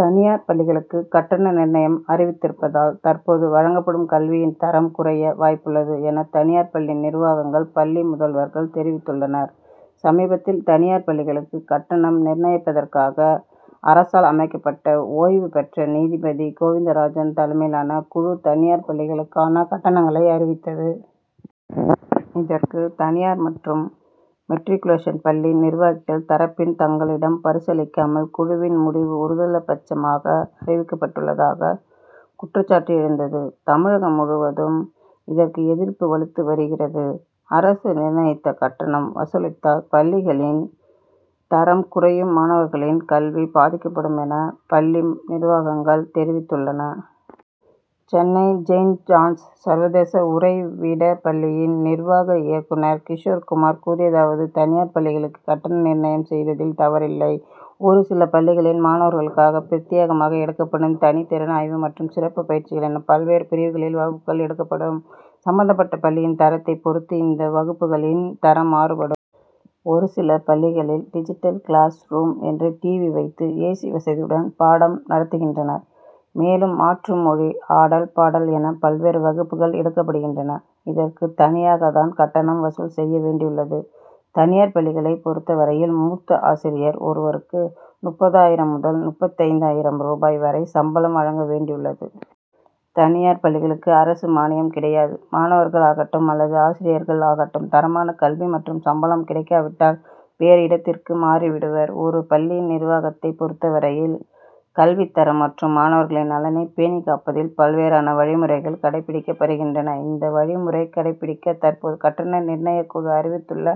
தனியார் பள்ளிகளுக்கு கட்டண நிர்ணயம் அறிவித்திருப்பதால் தற்போது வழங்கப்படும் கல்வியின் தரம் குறைய வாய்ப்புள்ளது என தனியார் பள்ளி நிர்வாகங்கள் பள்ளி முதல்வர்கள் தெரிவித்துள்ளனர். சமீபத்தில் தனியார் பள்ளிகளுக்கு கட்டணம் நிர்ணயிப்பதற்காக அரசால் அமைக்கப்பட்ட ஓய்வுபெற்ற நீதிபதி கோவிந்தராஜன் தலைமையிலான குழு தனியார் பள்ளிகளுக்கான கட்டணங்களை அறிவித்தது. இதற்கு தனியார் மற்றும் மெட்ரிகுலேஷன் பள்ளி நிர்வாகிகள் தரப்பில் தங்களிடம் பரிசீலிக்காமல் குழுவின் முடிவு ஒருதலைப்பட்சமாக அறிவிக்கப்பட்டுள்ளதாக குற்றசாட்டு எழுந்தது. தமிழகம் முழுவதும் இதற்கு எதிர்ப்பு வலுத்து வருகிறது. அரசு நிர்ணயித்துள்ள கட்டணம் வசூலித்தால் பள்ளிகளின் தரம் குறையும் மாணவர்களின் கல்வி பாதிக்கப்படும் என பள்ளி நிர்வாகங்கள் தெரிவித்துள்ளன. சென்னை செயின்ட் ஜான்ஸ் சர்வதேச உறைவிடப்பள்ளியின் நிர்வாக இயக்குனர் கிஷோர் குமார் கூறியதாவது தனியார் பள்ளிகளுக்கு கட்டண நிர்ணயம் செய்ததில் தவறில்லை. ஒரு சில பள்ளிகளில் மாணவர்களுக்காக பிரத்தியேகமாக எடுக்கப்படும் தனித்திறனாய்வு மற்றும் சிறப்பு பயிற்சிகள் என பல்வேறு பிரிவுகளில் வகுப்புகள் எடுக்கப்படுகின்றன. சம்பந்தப்பட்ட பள்ளியின் தரத்தைப் பொறுத்து இந்த வகுப்புகளின் தரம் மாறுபடும். ஒரு சில பள்ளிகளில் டிஜிட்டல் கிளாஸ் ரூம் என்று டிவி வைத்து ஏசி வசதியுடன் பாடம் நடத்துகின்றனர். மேலும் மாற்று மொழி ஆடல் பாடல் என பல்வேறு வகுப்புகள் எடுக்கப்படுகின்றன. இதற்கு தனியாகத்தான் கட்டணம் வசூல் செய்ய வேண்டியுள்ளது. தனியார் பள்ளிகளைப் பொறுத்தவரையில் மூத்த ஆசிரியர் ஒருவருக்கு முப்பதாயிரம் முதல் முப்பத்தைந்தாயிரம் ரூபாய் வரை சம்பளம் வழங்க வேண்டியுள்ளது. தனியார் பள்ளிகளுக்கு அரசு மானியம் கிடையாது. மாணவர்கள் ஆகட்டும் அல்லது ஆசிரியர்கள் ஆகட்டும் தரமான கல்வி மற்றும் சம்பளம் கிடைக்காவிட்டால் வேறு இடத்திற்கு மாறிவிடுவர். ஒரு பள்ளியின் நிர்வாகத்தைப் பொறுத்தவரையில் கல்வி தரம் மற்றும் மாணவர்களின் நலனை பேணிக் காப்பதில் பல்வேறான வழிமுறைகள் கடைபிடிக்கப்படுகின்றன. இந்த வழிமுறைகள் கடைபிடிக்க தற்போது கட்டண நிர்ணயக்குழு அறிவித்துள்ள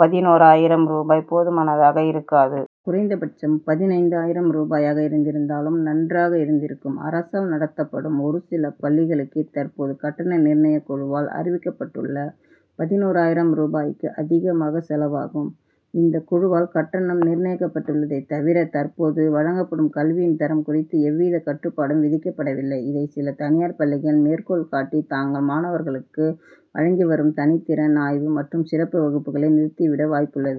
பதினோராயிரம் ரூபாய் போதுமானதாக இருக்காது. குறைந்தபட்சம் பதினைந்தாயிரம் ரூபாயாக இருந்திருந்தால் நன்றாக இருந்திருக்கும். அரசால் நடத்தப்படும் ஒருசில பள்ளிகளுக்கே தற்போது கட்டண நிர்ணயக்குழுவால் அறிவிக்கப்பட்டுள்ள பதினோராயிரம் ரூபாய்க்கு அதிகமாக செலவாகும். இந்தக் குழுவால் கட்டணம் நிர்ணயிக்கப்பட்டுள்ளதே தவிர தற்போது வழங்கப்படும் கல்வியின் தரம் குறித்து எவ்வித கட்டுப்பாடும் விதிக்கப்படவில்லை. இதை சில தனியார் பள்ளிகள் மேற்கோள்காட்டி தாங்கள் மாணவர்களுக்கு வழங்கிவரும் தனித்திறனாய்வு மற்றும் சிறப்பு வகுப்புகளை நிறுத்திவிட வாய்ப்புள்ளது.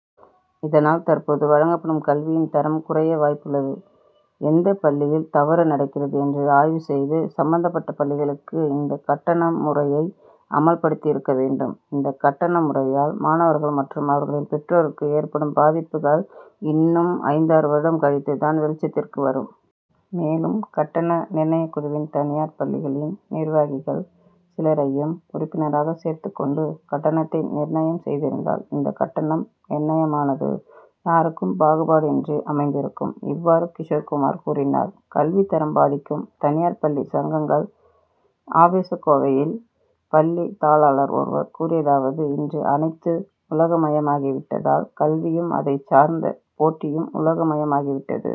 இதனால் தற்போது வழங்கப்படும் கல்வியின் தரம் குறைய வாய்ப்புள்ளது. எந்தப் பள்ளியில் தவறு நடக்கிறது என்று ஆய்வு செய்து சம்பந்தப்பட்ட பள்ளிகளுக்கு இந்த கட்டண முறையை அமல்படுத்தியிருக்க வேண்டும். இந்த கட்டண முறையால் மாணவர்கள் மற்றும் அவர்களின் பெற்றோருக்கு ஏற்படும் பாதிப்புகள் இன்னும் ஐந்தாறு வருடம் கழித்து தான் வெளிச்சத்திற்கு வரும். மேலும் கட்டண நிர்ணயக்குழுவில் தனியார் பள்ளிகளின் நிர்வாகிகள் சிலரையும் உறுப்பினராக சேர்த்துக் கொண்டு கட்டணத்தை நிர்ணயம் செய்திருந்தால் இந்த கட்டண நிர்ணயமானது யாருக்கும் பாகுபாடு இன்றி அமைந்திருக்கும். இவ்வாறு கிஷோர் குமார் கூறினார். கல்வித் தரம் பாதிக்கும் தனியார் பள்ளி சங்கங்கள் ஆவேசம் கோவையில் பள்ளி தாளாளர் ஒருவர் கூறியதாவது இன்று அனைத்தும் உலகமயமாகி விட்டதால் கல்வியும் அது சார்ந்த போட்டியும் உலகமயமாகி விட்டது.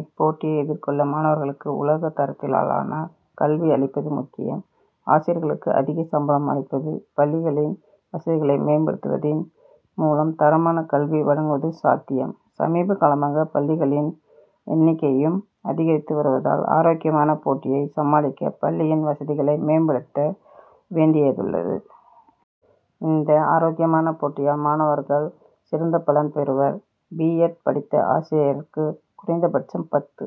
இப்போட்டியை எதிர்கொள்ள மாணவர்களுக்கு உலக தரத்தினாலான கல்வி அளிப்பது முக்கியம். ஆசிரியர்களுக்கு அதிக சம்பளம் அளிப்பது பள்ளிகளின் வசதிகளை மேம்படுத்துவதின் மூலம் தரமான கல்வி வழங்குவது சாத்தியம். சமீப காலமாக பள்ளிகளின் எண்ணிக்கையும் அதிகரித்து வருவதால் ஆரோக்கியமான போட்டியை சமாளிக்க பள்ளியின் வசதிகளை மேம்படுத்த வேண்டியதுள்ளது. இந்த ஆரோக்கியமான போட்டியால் மாணவர்கள் சிறந்த பலன் பெறுவர். பி. எட். படித்த ஆசிரியருக்கு குறைந்தபட்சம் பத்து